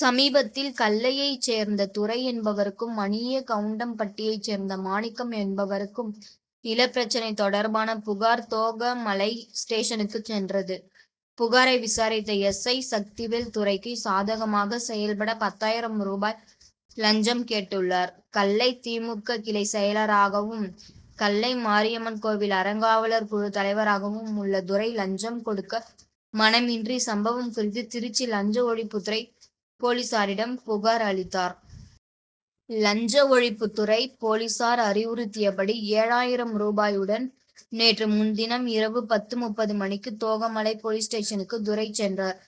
சமீபத்தில் கள்ளையைச் சேர்ந்த துரை என்பவருக்கும் மணிய கவுண்டம்பட்டியைச் சேர்ந்த மாணிக்கம் என்பவருக்கும் நிலப்பிரச்னை தொடர்பான புகார் தோகமலை ஸ்டேஷனுக்கு சென்றது. புகாரை விசாரித்த எஸ். ஐ. சக்திவேல் துரைக்கு சாதகமாக செயல்பட பத்தாயிரம் ரூபாய் லஞ்சம் கேட்டுள்ளார். கள்ளை தி. மு. க. கிளை செயலராகவும் கள்ளை மாரியம்மன் கோவில் அறங்காவலர் குழு தலைவராகவும் உள்ள துரை லஞ்சம் கொடுக்க மனமின்றி சம்பவம் குறித்து திருச்சி லஞ்ச ஒழிப்புத்துறை போலீசாரிடம் புகார் அளித்தார். லஞ்ச ஒழிப்புத் துறை போலீசார் அறிவுறுத்தியபடி ஏழாயிரம் ரூபாயுடன் நேற்று முன்தினம் இரவு பத்து முப்பது மணிக்கு தோகமலை போலீஸ் ஸ்டேஷனுக்கு துரை சென்றார்.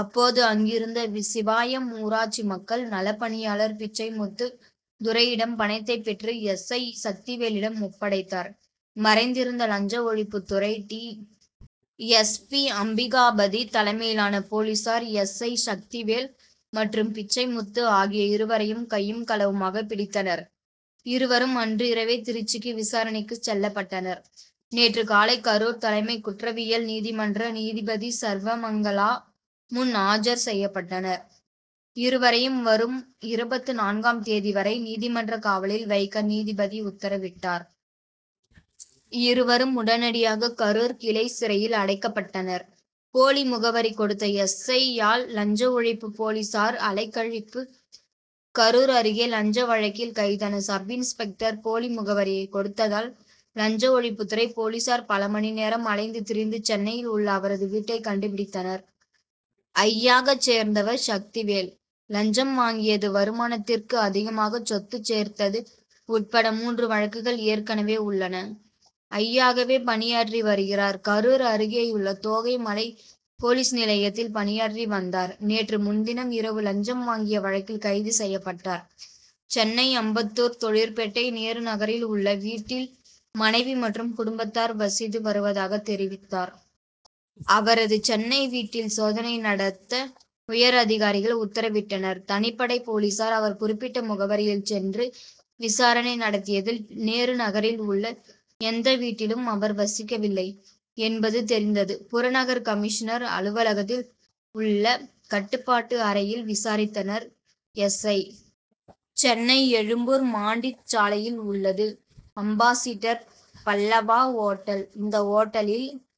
அப்போது அங்கிருந்த சிவாயம் ஊராட்சி மக்கள் நலப்பணியாளர் பிச்சைமுத்து துரையிடம் பணத்தை பெற்று எஸ். ஐ. சக்திவேலிடம் ஒப்படைத்தார். மறைந்திருந்த லஞ்ச ஒழிப்புத்துறை டி. எஸ். பி. அம்பிகாபதி தலைமையிலான போலீசார் எஸ். ஐ. சக்திவேல் மற்றும் பிச்சைமுத்து ஆகிய இருவரையும் கையும் களவுமாக பிடித்தனர். இருவரும் அன்றிரவே திருச்சிக்கு விசாரணைக்கு செல்லப்பட்டனர். நேற்று காலை கரூர் தலைமை குற்றவியல் நீதிமன்ற நீதிபதி சர்வமங்களா முன் ஆஜர் செய்யப்பட்டனர். இருவரையும் வரும் இருபத்து நான்காம் தேதி வரை நீதிமன்ற காவலில் வைக்க நீதிபதி உத்தரவிட்டார். இருவரும் உடனடியாக கரூர் கிளை சிறையில் அடைக்கப்பட்டனர். போலி முகவரி கொடுத்த எஸ். ஐ.யால் லஞ்ச ஒழிப்பு போலீசார் அலைக்கழிப்பு கரூர் அருகே லஞ்ச வழக்கில் கைதான சப்-இன்ஸ்பெக்டர் போலி முகவரியை கொடுத்ததால் லஞ்ச ஒழிப்புத்துறை போலீசார் பல மணி நேரம் அலைந்து திரிந்து சென்னையில் உள்ள அவரது வீட்டை கண்டுபிடித்தனர். ஐ.யாக சேர்ந்தவர் சக்திவேல். லஞ்சம் வாங்கியது வருமானத்திற்கு அதிகமாக சொத்து சேர்த்தது உட்பட மூன்று வழக்குகள் ஏற்கனவே உள்ளன. ஐ.யாகவே பணியாற்றி வருகிறார். கரூர் அருகேயுள்ள தோகைமலை போலீஸ் நிலையத்தில் பணியாற்றி வந்தார். நேற்று முன்தினம் இரவு லஞ்சம் வாங்கிய வழக்கில் கைது செய்யப்பட்டார். சென்னை அம்பத்தூர் தொழிற்பேட்டை நேரு நகரில் உள்ள வீட்டில் மனைவி மற்றும் குடும்பத்தார் வசித்து வருவதாக தெரிவித்தார். அவரது சென்னை வீட்டில் சோதனை நடத்த உயர் அதிகாரிகள் உத்தரவிட்டனர். தனிப்படை போலீசார் அவர் குறிப்பிட்ட முகவரியில் சென்று விசாரணை நடத்தியதில் நேருநகரில் உள்ள எந்த வீட்டிலும் அவர் வசிக்கவில்லை என்பது தெரிந்தது. புறநகர் கமிஷனர் அலுவலகத்தில் உள்ள கட்டுப்பாடு அறையில் விசாரித்தனர். S. I. Chennai Egmore Monteith சாலையில் உள்ளது அம்பாசிடர் பல்லவா ஓட்டல். இந்த ஓட்டலில்